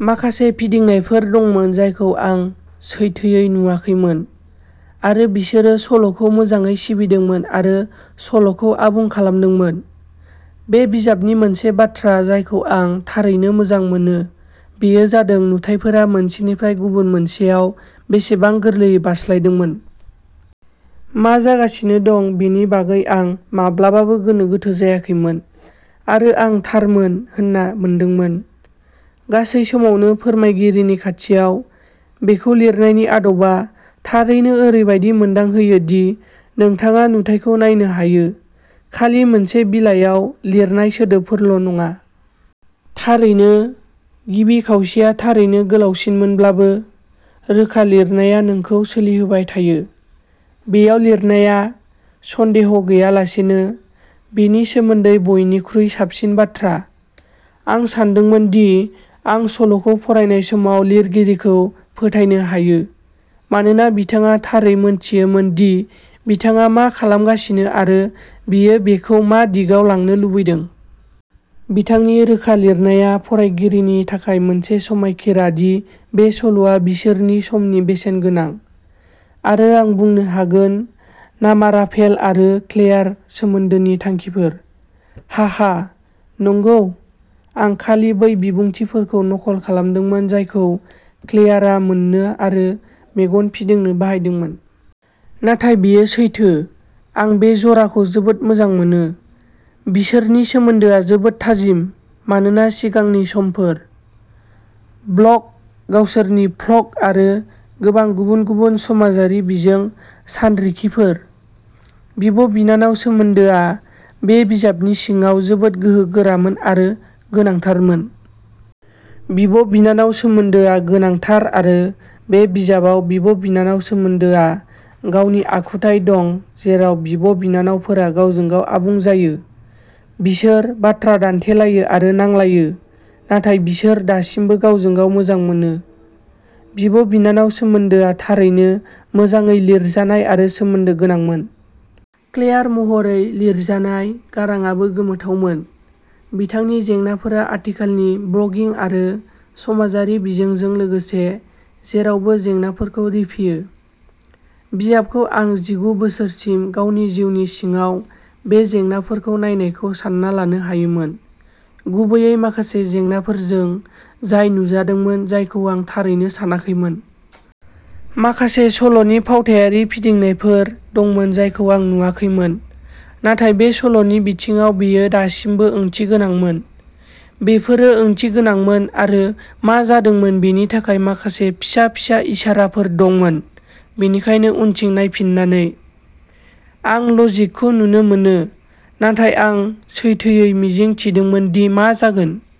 माखासे फिदिंनायफोर दंमोन जायखौ आं सैथोयै नुवाखैमोन, आरो बिसोरो सल'खौ मोजाङै सिबिदोंमोन आरो सल'खौ आबुं खालामदोंमोन। बे बिजाबनि मोनसे बाथ्रा जायखौ आं थारैनो मोजां मोनो बेयो जादों नुथायफोरा मोनसेनिफ्राय गुबुन मोनसेयाव बेसेबां गोरलैयै बारस्लायदोंमोन। मा जागासिनो दं बेनि बागै आं माब्लाबाबो गोनो गोथो जायाखैमोन, आरो आं थारमोन होनना मोनदोंमोन। गासै समावनो फोरमायगिरिनि खाथियाव-बेखौ लिरनायनि आदबआ थारैनो ओरैबायदि मोनदांहोयो दि नोंथाङा नुथायखौ नायनो हायो, खालि मोनसे बिलाइयाव लिरनाय सोदोबफोरल'नङा। थारैनो, गिबि खावसेया थारैनो गोलावसिनमोनब्लाबो, रोखा लिरनाया नोंखौ सोलिहोबाय थायो। बेयाव लिरनाया, सन्देह गैयालासेनो, बेनि सोमोन्दै बयनिख्रुइ साबसिन बाथ्रा। आं सानदोंमोन दि आं सल'खौ फरायनाय समाव लिरगिरिखौ फोथायनो हायो, मानोना बिथाङा थारै मोनथियोमोन दि बिथाङा मा खालामगासिनो आरो बियो बेखौ मा दिगाव लांनो लुबैदों। बिथांनि रोखा लिरनाया फरायगिरिनि थाखाय मोनसे समायखिरा दि बे सल'आ बिसोरनि समनि बेसेनगोनां। आरो आं बुंनो हागोन नामाराफेल आरो क्लेयार सोमोन्दोनि थांखिफोर!!! हाहा, नंगौ, आं खालि बै बिबुंथिफोरखौ नकल खालामदोंमोन जायखौ क्लेयारआ मोननो आरो मेगन फिदिंनो बाहायदोंमोन। नाथाय बेयो सैथो-आं बे जराखौ जोबोद मोजां मोनो। बिसोरनि सोमोन्दोआ जोबोद थाजिम, मानोना सिगांनि समफोर। ब्लग, गावसोरनि भ्लग आरो गोबां गुबुन-गुबुन समाजारि बिजों सानरिखिफोर। बिब'- बिनानाव सोमोन्दोआ बे बिजाबनि सिङाव जोबोद गोहोगोरामोन आरो गोनांथारमोन। बिब'- बिनानाव सोमोन्दोआ गोनांथार आरो बे बिजाबाव बिब'- बिनानाव सोमोन्दोआ गावनि आखुथाय दं जेराव बिब'- बिनानावफोरा गावजों-गाव आबुं जायो। बिसोर बाथ्रा दान्थेलायो आरो नांलायो, नाथाय बिसोर दासिमबो गावजों-गाव मोजां मोनो। बिब'- बिनानाव सोमोन्दोआ थारैनो मोजाङै लिरजानाय आरो सोमोन्दो गोनांमोन। क्लेयार महरै लिरजानाय गारांआबो गोमोथावमोन। बिथांनि जेंनाफोरा आथिखालनि ब्लगिं आरो समाजारि बिजोंजों लोगोसे जेरावबो जेंनाफोरखौ रिफियो। बिजाबखौ आं जिगु बोसोरसिम गावनि जिउनि सिङाव बे जेंनाफोरखौ नायनायखौ सान्ना लानो हायोमोन, गुबैयै माखासे जेंनाफोरजों जाय नुजादोंमोन जायखौ आं थारैनो सानाखैमोन। माखासे सल'नि फावथायारि फिदिंनायफोर दंमोन जायखौ आं नुवाखैमोन, नाथाय बे सल'नि बिथिङाव बेयो दासिमबो ओंथिगोनांमोन। बेफोरो ओंथिगोनांमोन आरो मा जादोंमोन बेनि थाखाय माखासे फिसा-फिसा इसाराफोर दंमोन, बेनिखायनो उनथिं नायफिननानै। आं लजिकखौ नुनो मोनो, नाथाय आं सैथोयै मिजिं थिदोंमोन दि मा जागोन।